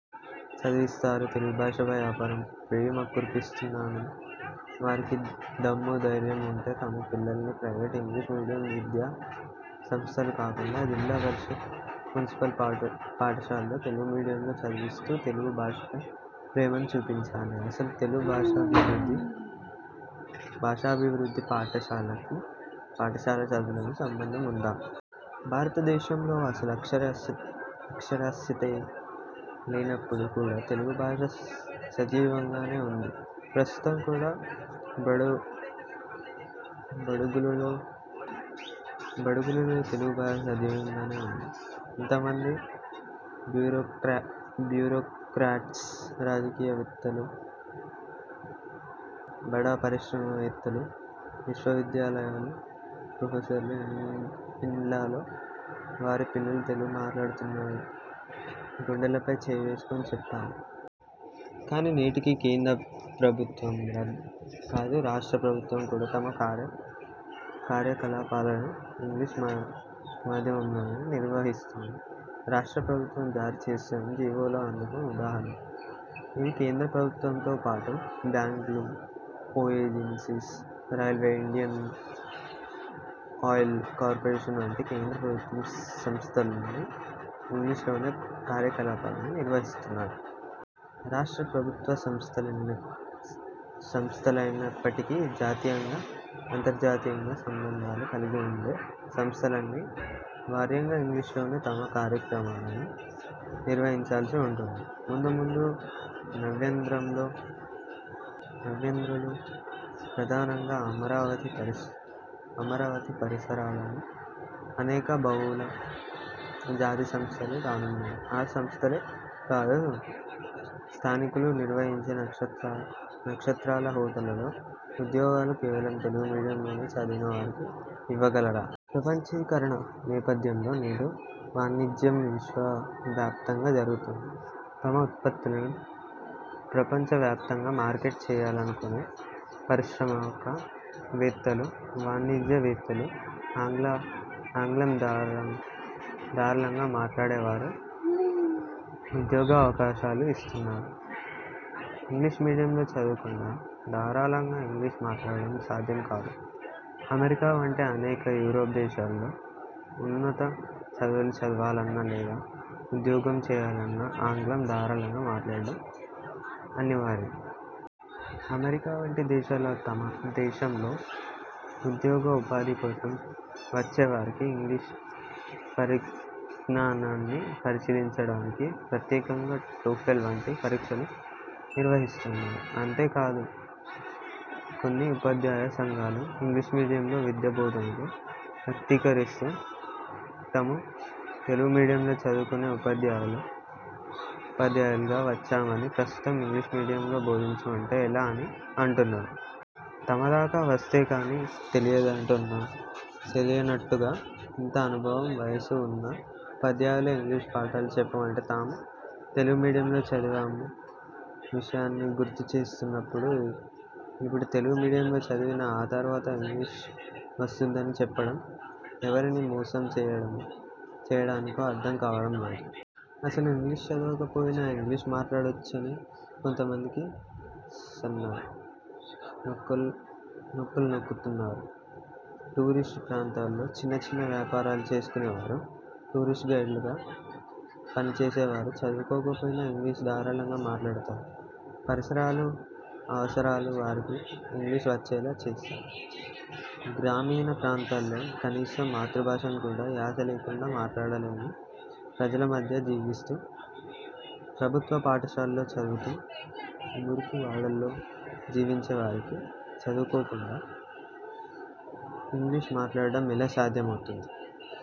చదివిస్తారు తెలుగుభాష పై అపారప్రేమ కురిపిస్తున్న వారికి దమ్ము, ధైర్యం వుంటే తమ పిల్లలను ప్రైవేట్ ఇంగ్లీషు మీడియం విద్యా సంస్థలలో కాకుండా జిల్లా పరిషత్, మున్సిపల్ పాఠశాలలో తెలుగుమీడియంలో చదివిస్తూ తెలుగు భాషపై ప్రేమను చూపించాలి. అసలు తెలుగు భాషాభివృద్ధికి పాఠశాల చదువులకు సంబంధం వుందా? భారతదేశంలో అసలు అక్షరాస్యతే లేనప్పుడు కూడా తెలుగు భాష సజీవంగానే వుంది. ప్రస్తుతం కూడా బుడుగు బడుగులలో బడుగులలో తెలుగుభాష సజీవంగానే వుంది. ఎంత మంది బ్యూరోక్రాట్స్, రాజకీయ వేత్తలు, బడా పారిశ్రామిక వేత్తలు, విశ్వ విద్యాలయాలు ప్రొఫెసర్ల ఇండ్లలో వారి పిల్లలు తెలుగు మాట్లాడుతున్నారో గుండెలపై చేయి వేసుకొని చెప్పాలి. కానీ నేటికీ కేంద్ర ప్రభుత్వమే కాదు రాష్ట్ర ప్రభుత్వం కూడా తమ కార్యాకలాపాలను ఇంగ్లీషు మాధ్యమంలోనే నిర్వహిస్తోంది. రాష్ట్ర ప్రభుత్వం జారీ చేస్తున్న జీవోలే అందుకు ఉదాహరణ. ఇక కేంద్ర ప్రభుత్వంతో పాటు బ్యాంక్లు, ONGC, railway, Indian oil corporation వంటి కేంద్ర ప్రభుత్వ సంస్థలన్నీ ఇంగ్లీషు లోనే కార్యకలాపాలను నిర్వహిస్తున్నాయి. రాష్ట్ర ప్రభుత్వ సంస్థలైనప్పటికీ జాతీయంగా, అంతర్జాతీయంగా సంబంధాలు కలిగి వుండే సంస్థలు అని వార్యంగా ఇంగ్లీషులోనే తమ కార్యక్రమాలను నిర్వహించాల్సి వుంటుంది. ముందు ముందు నవ్యాంధ్రలో ప్రధానంగా అమరావతి పరిసరాలలో అనేక బహుళ జాతి సంస్థలు రానున్నాయి. ఆ సంస్థలే కాదు స్థానికులు నిర్మించే నక్షత్రాల హోటళ్లలో ఉద్యోగాలను కేవలం తెలుగు మీడియంలో చదివినవారికి ఇవ్వగలరా? ప్రపంచీకరణ నేపథ్యంలో నేడు వాణిజ్యం విశ్వవాప్తంగా జరుగుతోంది. తమ ఉత్పత్తులను ప్రపంచ వ్యాప్తంగా మార్కెట్ చేయాలనుకొనే పారిశ్రామిక వేత్తలు, వాణిజ్య వేత్తలు ఆంగ్ల ఆంగ్లం ధారాళంగా మాట్లాడేవారికే ఉద్యోగ అవకాశాలు ఇస్తున్నారు ఇస్తారు. ఇంగ్లీషు మీడియంలో చదవకుండా ధారాళంగా ఇంగ్లీషు మాట్లాడటం సాధ్యం కాదు. అమెరికా వంటి అనేక యూరోప్ దేశాలలో ఉన్నత చదువులు చదవాలన్నా లేదా ఉద్యోగం చేయాలన్న ఆంగ్లం ధారాళంగా మాట్లాడటం అనివార్యం. అమెరికా వంటి దేశాలు తమ దేశంలో ఉద్యోగ, ఉపాధి కోసం వచ్చేవారి ఇంగ్లీషు పరిజ్ఞానాన్ని పరిశీలించడానికి ప్రత్యేకంగా టోఫెల్ వంటి పరీక్షలు నిర్వహిస్తున్నాయి. అంతెందుకు కొన్ని ఉపాధ్యాయ సంఘాలు ఇంగ్లీషు మీడియంలో విద్యా బోధనను వ్యతిరేకిస్తూ తాము తెలుగు మీడియంలో చదువుకొని ఉపాధ్యాయులు ఉపాధ్యాయులుగా వచ్చామని, ప్రస్తుతం ఇంగ్లీషు మీడియంలో బోధించమంటే ఎలా అని అంటున్నారు. తమ దాకా వస్తేకానీ తెలియదన్నట్టుగా ఇంత అనుభవం, వయస్సు వున్న ఉపాధ్యాయులే ఇంగ్లీషులో పాఠాలు చెప్పమంటే తాము తెలుగు మీడియంలో చదివిన విషయాన్ని గుర్తు చేస్తున్నప్పుడు ఇప్పుడు తెలుగు మీడియంలో చదివినా ఆ తర్వాత ఇంగ్లీషు వస్తుందని చెప్పడం ఎవరిని మోసం చేయడం అర్థం కావడం లేదు. అసలు ఇంగ్లీషు చదవక పోయినా ఇంగ్లీషు మాట్లాడవచ్చునని కొంతమంది సన్నాయి నొక్కులు నొక్కుతున్నారు. టూరిస్టు ప్రాంతాల్లో చిన్న చిన్న వ్యాపారాలు చేసుకొనేవారు, టూరిస్టు గైడ్లుగా పనిచేసేవారు చదువుకోకపోయినా ఇంగ్లీషు ధారాళంగా మాట్లాడతారు. పరిసరాలు, అవసరాలు వారికి ఇంగ్లీషు వచ్చేలా చేస్తాయి. గ్రామీణ ప్రాంతాల్లో కనీసం మాతృభాషను కూడా యాస లేకుండా మాట్లాడలేని ప్రజలు మధ్య జీవిస్తూ, ప్రభుత్వ పాఠశాలల్లో చదువుతూ, మురికి వాడల్లో జీవించే వారికి చదువుకోకుండా ఇంగ్లీషు మాట్లాడటం ఎలా సాధ్యం అవుతుంది?